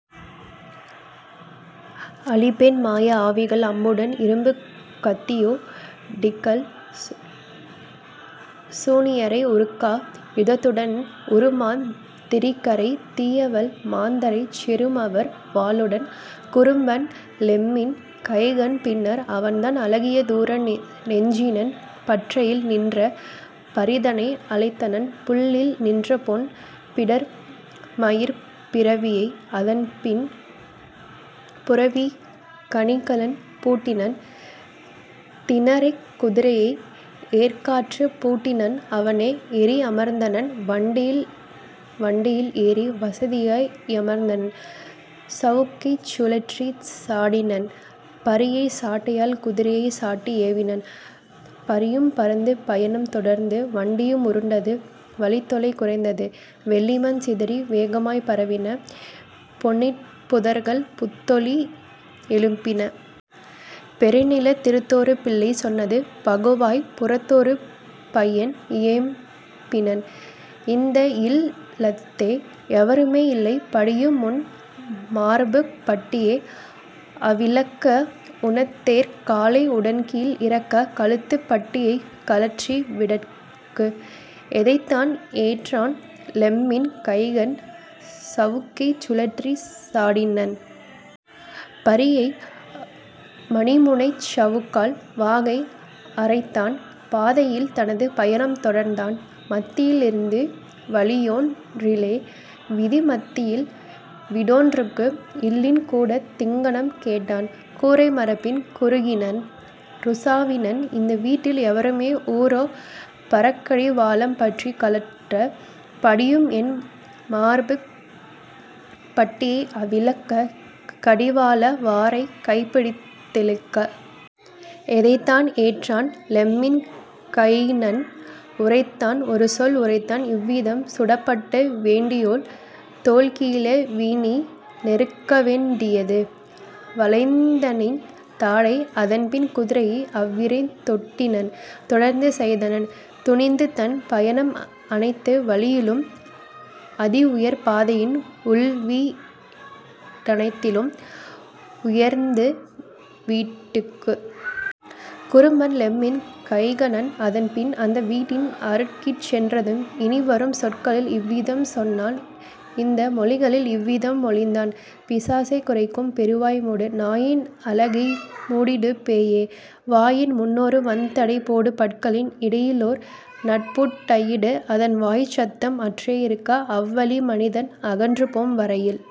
அழிப்பேன் மாய ஆவிகள் அம்புடன் இரும்புக் கத்தியோ டிகல்சூ னியரை உருக்கா யுதத்துடன் உறுமாந் திரிகரை தீயவல் மாந்தரைச் செறுமவர் வாளுடன்! " குறும்பன் லெம்மின் கைனன் பின்னர் அவன்தான் அழகிய தூர நெஞ்சினன் பற்றையில் நின்ற பரிதனை அழைத்தனன் புல்லில் நின்றபொன் பிடர்மயிர்ப் பிரவியை அதன்பின் புரவிக் கணிகலன் பூட்டினன் திநறிக் குதிரையை ஏர்க்காற் பூட்டினன் அவனே ஏறி அமர்ந்தனன் வண்டியில் வண்டியில் ஏறி வசதியா யமர்ந்தன சவுக்கைச் சுழற்றிச் சாடினன் பரியை சாட்டையால் குதிரையை சாட்டி ஏவினன்; பரியும் பறந்து பயணம் தொடர்ந்து வண்டியும் உருண்டது வழித்தொலை குறைந்தது வெள்ளிமண் சிதறி வேகமாய்ப் பரவின பொன்னிறப் புதர்கள் புத்தொலி யெழுப்பின. " பெருநிலத் திருத்தொரு பிள்ளை சொன்னது பகுவாய்ப் புறத்தொரு பையன் இயம்பினன்: "இந்தஇல் லத்தே எவருமே இல்லை படியும்உன் மார்புப் பட்டியே அவிழ்க்க உனதேர்க் காலை உடன்கீழ் இறக்க கழுத்துப் பட்டியைக் கழற்றி விடற்கு. " எதைத்தான் ஏற்றான் லெம்மின் கைனன் சவுக்கைச் சுழற்றி சாடினன் பரியை மணிமுனைச் சவுக்கால் வாகாய் அறைத்தான் பாதையில் தனது பயணம் தொடர்ந்தான் மத்தியில் இருந்து வழியொன் றினிலே வீதி மத்தியில் வீடொன் றுக்கு; இல்லின் கூடத் திங்ஙனம் கேட்டான் கூரை மரப்பின் குறுகிநின் றுசாவினன்: "இந்த வீட்டில் எவரும் ஊரோ பரிக்கடி வாளம் பற்றிக் கழற்ற படியும்என் மார்புப் பட்டியை அவிழ்க்க கடிவாள வாரைக் கைப்பிடித் திழுக்க? " எதைத்தான் ஏற்றான் லெம்மின் கைனன் உரைத்தான் ஒருசொல் உரைத்தான் இவ்விதம்: "சுடப்பட்ட வேண்டியோள், தொல்கிழ விநீ! நெருக்கவேண் டியது வளைந்தநின் தாடை. " அதன்பின் குதிரையை அவன்விரைந் தோட்டினன் தொடர்ந்து செய்தனன் துணிந்துதன் பயணம் அனைத்து வழியிலும் அதிஉயர் பாதையின் உள்ளவீ டனைத்திலும் உயர்ந்தவீட் டுக்கு. குறும்பன் லெம்மின் கைகனன் அதன்பின் அந்த வீட்டின் அருகிற் சென்றதும் இனிவரும் சொற்களில் இவ்விதம் சொன்னான் இந்த மொழிகளில் இவ்விதம் மொழிந்தான்: "பிசாசே, குரைக்கும் பெருவாய் மூடு! நாயின் அலகை மூடிடு பேயே! வாயின் முன்னொரு வன்தடை போடு பற்களின் இடையிலோர் நற்பூட் டையிடு அதன்வாய்ச் சத்தம் அற்றே இருக்க அவ்வழி மனிதன் அகன்றுபோம் வரையில்.